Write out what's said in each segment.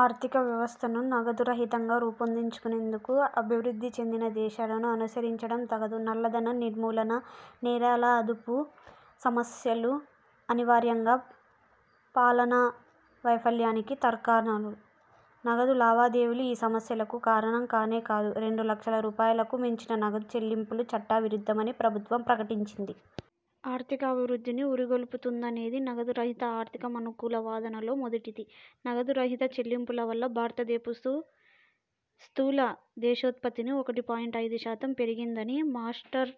ఆర్థిక వ్యవస్థను నగదు రహితంగా రూపొందించుకొనేందుకు అభివృద్ధి చెందిన దేశాలను అనుసరించడం తగదు. నల్లధనం నిర్మూలన, నేరాల అదుపు సమస్యలు అనివార్యంగా పాలనా వైఫల్యానికి తార్కాణాలు. నగదు లావాదేవీలు ఈ సమస్యలకు కారణం కానే కాదు. రెండు లక్షల రూపాయలకు మించిన నగదు చెల్లింపులు చట్ట విరుద్ధమని ప్రభుత్వం ప్రకటించింది. ఆర్థికాభి వృద్ధిని వురిగొల్పుతుందనేది నగదు రహిత ఆర్థికం అనుకూల వాదనలలో మొదటిది. నగదు రహిత చెల్లింపుల వల్ల భారతదేపుసు స్థూల దేశియోత్పత్తి ఒకటి పాయింట్ ఐదు శాతం పెరుగుతుందని మాస్టర్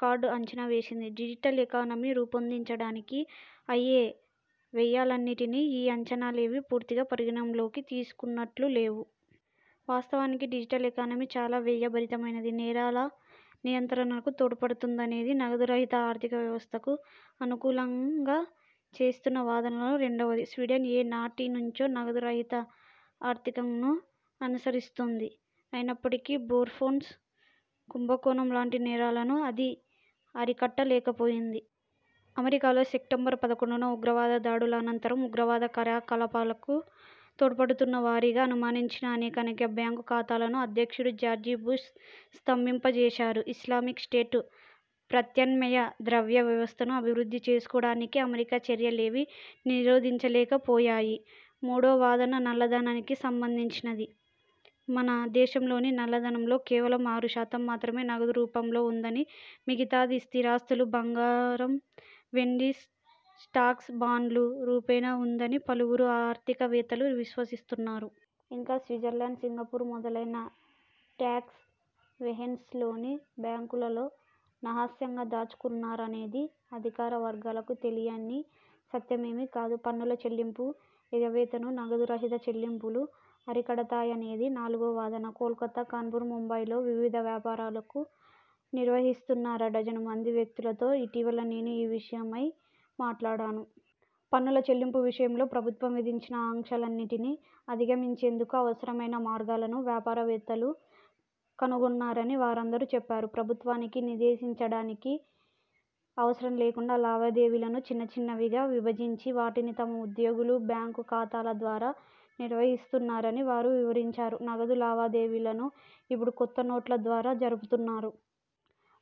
కార్డ్ అంచనా వేసింది. డిజిటల్ ఎకానమీగా రూపొందడానికి అయ్యే వ్యయాలన్నిటినీ ఈ అంచనాలేవీ పూర్తిగా పరిగణనలోకి తీసుకున్నట్లులేవు. వాస్తవానికి డిజిటల్ ఎకానమీ చాలా వ్యయ భరితమైనది. నేరాల నియంత్రణకు తోడ్పడుతుందనేది నగదు రహిత ఆర్థిక వ్యవస్థకు అనుకూలంగా చేస్తున్న వాదనలలో రెండవది. స్వీడన్ ఏ నాటి నుంచో నగదు రహిత ఆర్థికంను అనుసరిస్తోంది. అయినప్పటికీ బోఫోర్న్స్ కుంభకోణం లాంటి నేరాలను అది అరికట్ట లేకపోయింది. అమెరికాలో సెప్టెంబర్ పదకొండున ఉగ్రవాద దాడుల అనంతరం ఉగ్రవాద కార్యకలాపాలకు తోడ్పడుతున్నవారిగా అనుమానించిన అనేకానేక బ్యాంకు ఖాతాలను అధ్యక్షుడు జార్జిబుష్ స్తంభింపచేశారు. ఇస్లామిక్ స్టేట్ ప్రత్యామ్నాయ ద్రవ్య వ్యవస్థను అభివృద్ధి చేసుకోవడాన్ని అమెరికా చర్యలేవీ నిరోధించలేకపోయాయి. మూడో వాదన నల్లధనానికి సంబంధించినది. మన దేశంలోని నల్ల ధనంలో కేవలం ఆరు శాతం మాత్రమే నగదు రూపంలో ఉన్నదని, మిగతాది స్థిరాస్థులు, బంగారం, వెండి, స్టాక్స్, బాండ్లు రూపేణా ఉందని పలువురు ఆర్థిక వేత్తలు విశ్వసిస్తున్నారు. ఇంకా స్విట్జర్లాండ్, సింగపూర్ మొదలైన ట్యాక్స్ హేవెన్స్ లోని బ్యాంకులలో నహస్యంగా దాచుకున్నారనేది అధికార వర్గాలకు తెలియని సత్యమేమీ కాదు. పన్నుల చెల్లింపుల ఎగవేతను నగదు రహిత చెల్లింపులు అరికడతాయనేది నాలుగో వాదన. కోల్కతా, కాన్పూర్, ముంబైలో వివిధ వ్యాపారాలకు నిర్వహిస్తున్న అరడజను మంది వ్యక్తులతో ఇటీవల నేను ఈ విషయమై మాట్లాడాను. పన్నుల చెల్లింపు విషయంలో ప్రభుత్వం విధించిన ఆంక్షలన్నిటినీ అధిగమించేందుకు అవసరమైన మార్గాలను వ్యాపార వేత్తలు కనుగొన్నారని వారందరూ చెప్పారు. ప్రభుత్వానికి నిదేశించడానికి అవసరం లేకుండా లావాదేవీలను చిన్నచిన్నవిగా విభజించి, వాటిని తమ ఉద్యోగుల బ్యాంకు ఖాతాల ద్వారా నిర్వహిస్తున్నారని వారు వివరించారు. నగదు లావాదేవీలను ఇప్పుడు కొత్త నోట్ల ద్వారా జరుపుతున్నారు.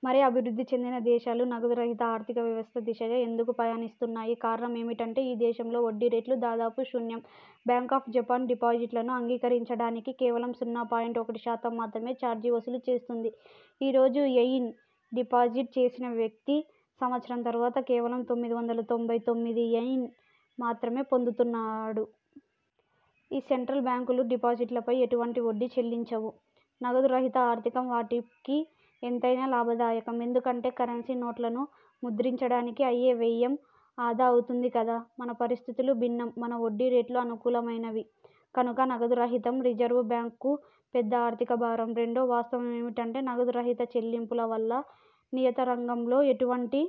మరి అభివృద్ధి చెందిన దేశాలు నగదు రహిత ఆర్థిక వ్యవస్థ దిశగా ఎందుకు పయనిస్తున్నాయి? కారణమమేమిటంటే ఈ దేశంలో వడ్డీరేట్లు దాదాపు శూన్యం. బ్యాంక్ ఆఫ్ జపాన్ డిపాజిట్లను అంగీకరించడానికి కేవలం సున్నా పాయింట్ ఒకటి శాతం మాత్రమే చార్జి వసూలు చేస్తుంది. ఈ రోజు ఎయిన్ డిపాజిట్ చేసిన వ్యక్తి సంవత్సరం తరువాత కేవలం తొమ్మిది వందల తొంభై తొమ్మిది ఎయిన్ మాత్రమే పొందుతాడు. ఈ సెంట్రల్ బ్యాంకులు డిపాజిట్లపై ఎటువంటి వడ్డీ చెల్లించవు. నగదు రహిత ఆర్థికం వాటికి ఎంతైనా లాభదాయకం. ఎందుకంటే కరెన్సీ నోట్లను ముద్రించడానికి అయ్యే వ్యయం ఆదా అవుతుంది కదా. మన పరిస్థితులు భిన్నం. మన వడ్డీరేట్లు అనుకూలమైనవి. కనుక నగదు రహితం రిజర్వ్ బ్యాంకు పెద్ద ఆర్థిక భారం. రెండో వాస్తవమేమిటంటే నగదు రహిత చెల్లింపుల వల్ల నియత రంగంలో ఎటువంటి